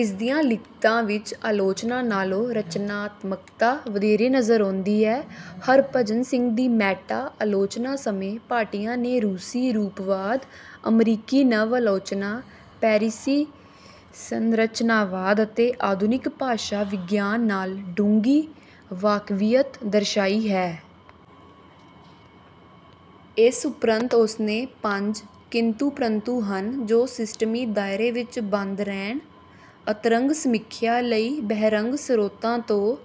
ਇਸਦੀਆਂ ਲਿਖਤਾਂ ਵਿੱਚ ਆਲੋਚਨਾ ਨਾਲੋਂ ਰਚਨਾਤਮਕਤਾ ਵਧੇਰੇ ਨਜ਼ਰ ਆਉਂਦੀ ਹੈ। ਹਰਿਭਜਨ ਸਿੰਘ ਦੀ ਮੈਟਾ ਆਲੋਚਨਾ ਸਮੇਂ ਭਾਟੀਆ ਨੇ ਰੂਸੀ ਰੂਪਵਾਦ, ਅਮਰੀਕੀ ਨਵ-ਆਲੋਚਨਾ, ਪੈਰਿਸੀ ਸੰਰਚਨਾਵਾਦ ਅਤੇ ਆਧੁਨਿਕ ਭਾਸ਼ਾ ਵਿਗਿਆਨ ਨਾਲ ਡੂੰਘੀ ਵਾਕਫੀਅਤ ਦਰਸ਼ਾਈ ਹੈ। ਇਸ ਉਪਰੰਤ ਉਸਨੇ ਪੰਜ ਕਿੰਤੂ-ਪ੍ਰੰਤੂ ਹਨ ਜੋ ਸਿਸਟਮੀ ਦਾਇਰੇ ਵਿੱਚ ਬੰਦ ਰਹਿਣ, ਅੰਤਰੰਗ ਸਮੀਖਿਆ ਲਈ ਬਹਿਰੰਗ ਸਰੋਤਾਂ ਤੋਂ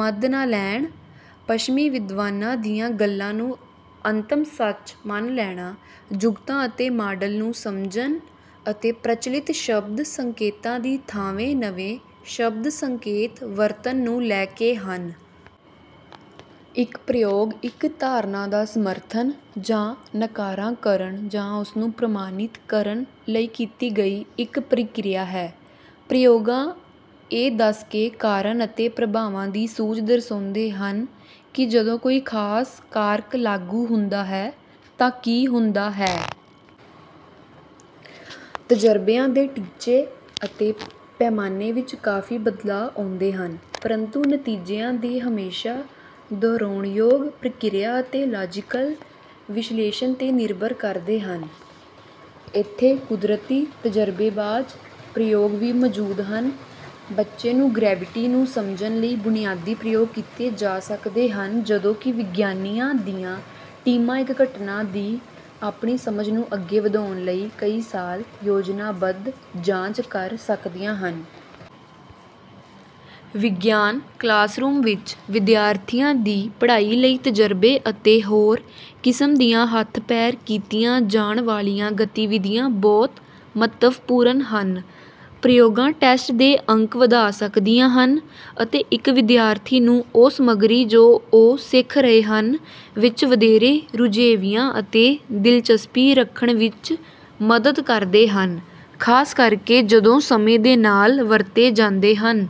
ਮਦ ਨਾ ਲੈਣ, ਪੱਛਮੀ ਵਿਦਵਾਨਾਂ ਦੀਆਂ ਗੱਲਾਂ ਨੂੰ ਅੰਤਮ ਸੱਚ ਮੰਨ ਲੈਣਾ, ਜੁਗਤਾਂ ਅਤੇ ਮਾਡਲ ਨੂੰ ਸਮਝਣ ਅਤੇ ਪ੍ਰਚੱਲਿਤ ਸ਼ਬਦ-ਸੰਕੇਤਾਂ ਦੀ ਥਾਂਵੇਂ ਨਵੇਂ ਸ਼ਬਦ-ਸੰਕੇਤ ਵਰਤਣ ਨੂੰ ਲੈ ਕੇ ਹਨ। ਇੱਕ ਪ੍ਰਯੋਗ ਇੱਕ ਧਾਰਨਾ ਦਾ ਸਮਰਥਨ, ਜਾਂ ਨਕਾਰਾ ਕਰਨ ਜਾਂ ਉਸ ਨੂੰ ਪ੍ਰਮਾਣਿਤ ਕਰਨ ਲਈ ਕੀਤੀ ਗਈ ਇੱਕ ਪ੍ਰਕਿਰਿਆ ਹੈ। ਪ੍ਰਯੋਗਾਂ ਇਹ ਦੱਸ ਕੇ ਕਾਰਨ-ਅਤੇ-ਪ੍ਰਭਾਵਾਂ ਦੀ ਸੂਝ ਦਰਸਾਉਂਦੇ ਹਨ ਕਿ ਜਦੋਂ ਕੋਈ ਖ਼ਾਸ ਕਾਰਕ ਲਾਗੂ ਹੁੰਦਾ ਹੈ ਤਾਂ ਕੀ ਹੁੰਦਾ ਹੈ। ਤਜਰਬਿਆਂ ਦੇ ਟੀਚੇ ਅਤੇ ਪੈਮਾਨੇ ਵਿੱਚ ਕਾਫ਼ੀ ਬਦਲਾਅ ਆਉਂਦੇ ਹਨ, ਪਰੰਤੂ ਨਤੀਜਿਆਂ ਦੇ ਹਮੇਸ਼ਾ ਦੁਹਰਾਉਣਯੋਗ ਪ੍ਰਕਿਰਿਆ ਅਤੇ ਲਾਜ਼ੀਕਲ ਵਿਸ਼ਲੇਸ਼ਣ 'ਤੇ ਨਿਰਭਰ ਕਰਦੇ ਹਨ। ਇੱਥੇ ਕੁਦਰਤੀ ਤਜਰਬੇਬਾਜ਼ ਪ੍ਰਯੋਗ ਵੀ ਮੌਜੂਦ ਹਨ। ਬੱਚੇ ਨੂੰ ਗ੍ਰੈਵਿਟੀ ਨੂੰ ਸਮਝਣ ਲਈ ਬੁਨਿਆਦੀ ਪ੍ਰਯੋਗ ਕੀਤੇ ਜਾ ਸਕਦੇ ਹਨ, ਜਦੋਂ ਕਿ ਵਿਗਿਆਨੀਆਂ ਦੀਆਂ ਟੀਮਾਂ ਇੱਕ ਘਟਨਾ ਦੀ ਆਪਣੀ ਸਮਝ ਨੂੰ ਅੱਗੇ ਵਧਾਉਣ ਲਈ ਕਈ ਸਾਲ ਯੋਜਨਾਬੱਧ ਜਾਂਚ ਕਰ ਸਕਦੀਆਂ ਹਨ। ਵਿਗਿਆਨ ਕਲਾਸਰੂਮ ਵਿੱਚ ਵਿਦਿਆਰਥੀਆਂ ਦੀ ਪੜ੍ਹਾਈ ਲਈ ਤਜਰਬੇ ਅਤੇ ਹੋਰ ਕਿਸਮ ਦੀਆਂ ਹੱਥ-ਪੈਰ ਕੀਤੀਆਂ ਜਾਣ ਵਾਲੀਆਂ ਗਤੀਵਿਧੀਆਂ ਬਹੁਤ ਮਹੱਤਵਪੂਰਨ ਹਨ। ਪ੍ਰਯੋਗਾਂ ਟੈਸਟ ਦੇ ਅੰਕ ਵਧਾ ਸਕਦੀਆਂ ਹਨ ਅਤੇ ਇੱਕ ਵਿਦਿਆਰਥੀ ਨੂੰ ਉਹ ਸਮੱਗਰੀ ਜੋ ਉਹ ਸਿੱਖ ਰਹੇ ਹਨ ਵਿੱਚ ਵਧੇਰੇ ਰੁਝੇਵਿਆਂ ਅਤੇ ਦਿਲਚਸਪੀ ਰੱਖਣ ਵਿੱਚ ਮਦਦ ਕਰਦੇ ਹਨ, ਖ਼ਾਸ ਕਰਕੇ ਜਦੋਂ ਸਮੇਂ ਦੇ ਨਾਲ ਵਰਤੇ ਜਾਂਦੇ ਹਨ।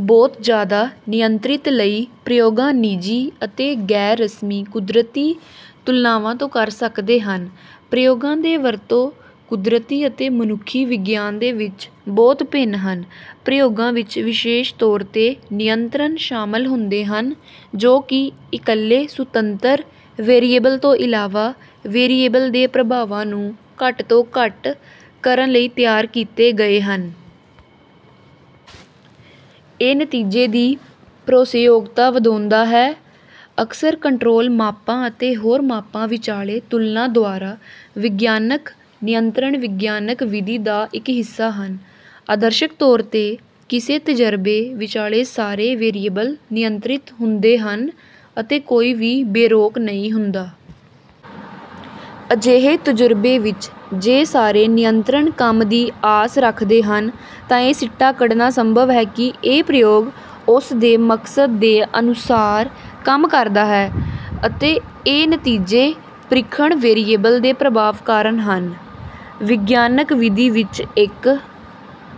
ਬਹੁਤ ਜ਼ਿਆਦਾ ਨਿਯੰਤ੍ਰਿਤ ਲਈ ਪ੍ਰਯੋਗਾਂ ਨਿੱਜੀ ਅਤੇ ਗੈਰ-ਰਸਮੀ ਕੁਦਰਤੀ ਤੁਲਨਾਵਾਂ ਤੋਂ ਕਰ ਸਕਦੇ ਹਨ। ਪ੍ਰਯੋਗਾਂ ਦੇ ਵਰਤੋਂ ਕੁਦਰਤੀ ਅਤੇ ਮਨੁੱਖੀ ਵਿਗਿਆਨ ਦੇ ਵਿੱਚ ਬਹੁਤ ਭਿੰਨ ਹਨ। ਪ੍ਰਯੋਗਾਂ ਵਿੱਚ ਵਿਸ਼ੇਸ਼ ਤੌਰ 'ਤੇ ਨਿਯੰਤਰਣ ਸ਼ਾਮਲ ਹੁੰਦੇ ਹਨ, ਜੋ ਕਿ ਇੱਕਲੇ ਸੁਤੰਤਰ ਵੇਰੀਏਬਲ ਤੋਂ ਇਲਾਵਾ ਵੇਰੀਏਬਲ ਦੇ ਪ੍ਰਭਾਵਾਂ ਨੂੰ ਘੱਟ ਤੋਂ ਘੱਟ ਕਰਨ ਲਈ ਤਿਆਰ ਕੀਤੇ ਗਏ ਹਨ। ਇਹ ਨਤੀਜੇ ਦੀ ਭਰੋਸੇਯੋਗਤਾ ਵਧਾਉਂਦਾ ਹੈ, ਅਕਸਰ ਕੰਟਰੋਲ ਮਾਪਾਂ ਅਤੇ ਹੋਰ ਮਾਪਾਂ ਵਿੱਚਾਲੇ ਤੁਲਨਾ ਦੁਆਰਾ। ਵਿਗਿਆਨਕ ਨਿਯੰਤਰਣ ਵਿਗਿਆਨਕ ਵਿਧੀ ਦਾ ਇੱਕ ਹਿੱਸਾ ਹਨ। ਆਦਰਸ਼ਕ ਤੌਰ ਤੇ, ਕਿਸੇ ਤਜਰਬੇ ਵਿੱਚਾਲੇ ਸਾਰੇ ਵੇਰੀਏਬਲ ਨਿਯੰਤਰਿਤ ਹੁੰਦੇ ਹਨ ਅਤੇ ਕੋਈ ਵੀ ਬੇਰੋਕ ਨਹੀਂ ਹੁੰਦਾ। ਅਜਿਹੇ ਤਜ਼ੁਰਬੇ ਵਿੱਚ, ਜੇ ਸਾਰੇ ਨਿਯੰਤ੍ਰਣ ਕੰਮ ਦੀ ਆਸ ਰੱਖਦੇ ਹਨ, ਤਾਂ ਇਹ ਸਿੱਟਾ ਕੱਢਣਾ ਸੰਭਵ ਹੈ ਕਿ ਇਹ ਪ੍ਰਯੋਗ ਉਸ ਦੇ ਮਕਸਦ ਦੇ ਅਨੁਸਾਰ ਕੰਮ ਕਰਦਾ ਹੈ, ਅਤੇ ਇਹ ਨਤੀਜੇ ਪ੍ਰੀਖਣ ਵੇਰੀਏਬਲ ਦੇ ਪ੍ਰਭਾਵ ਕਾਰਨ ਹਨ। ਵਿਗਿਆਨਕ ਵਿਧੀ ਵਿੱਚ, ਇੱਕ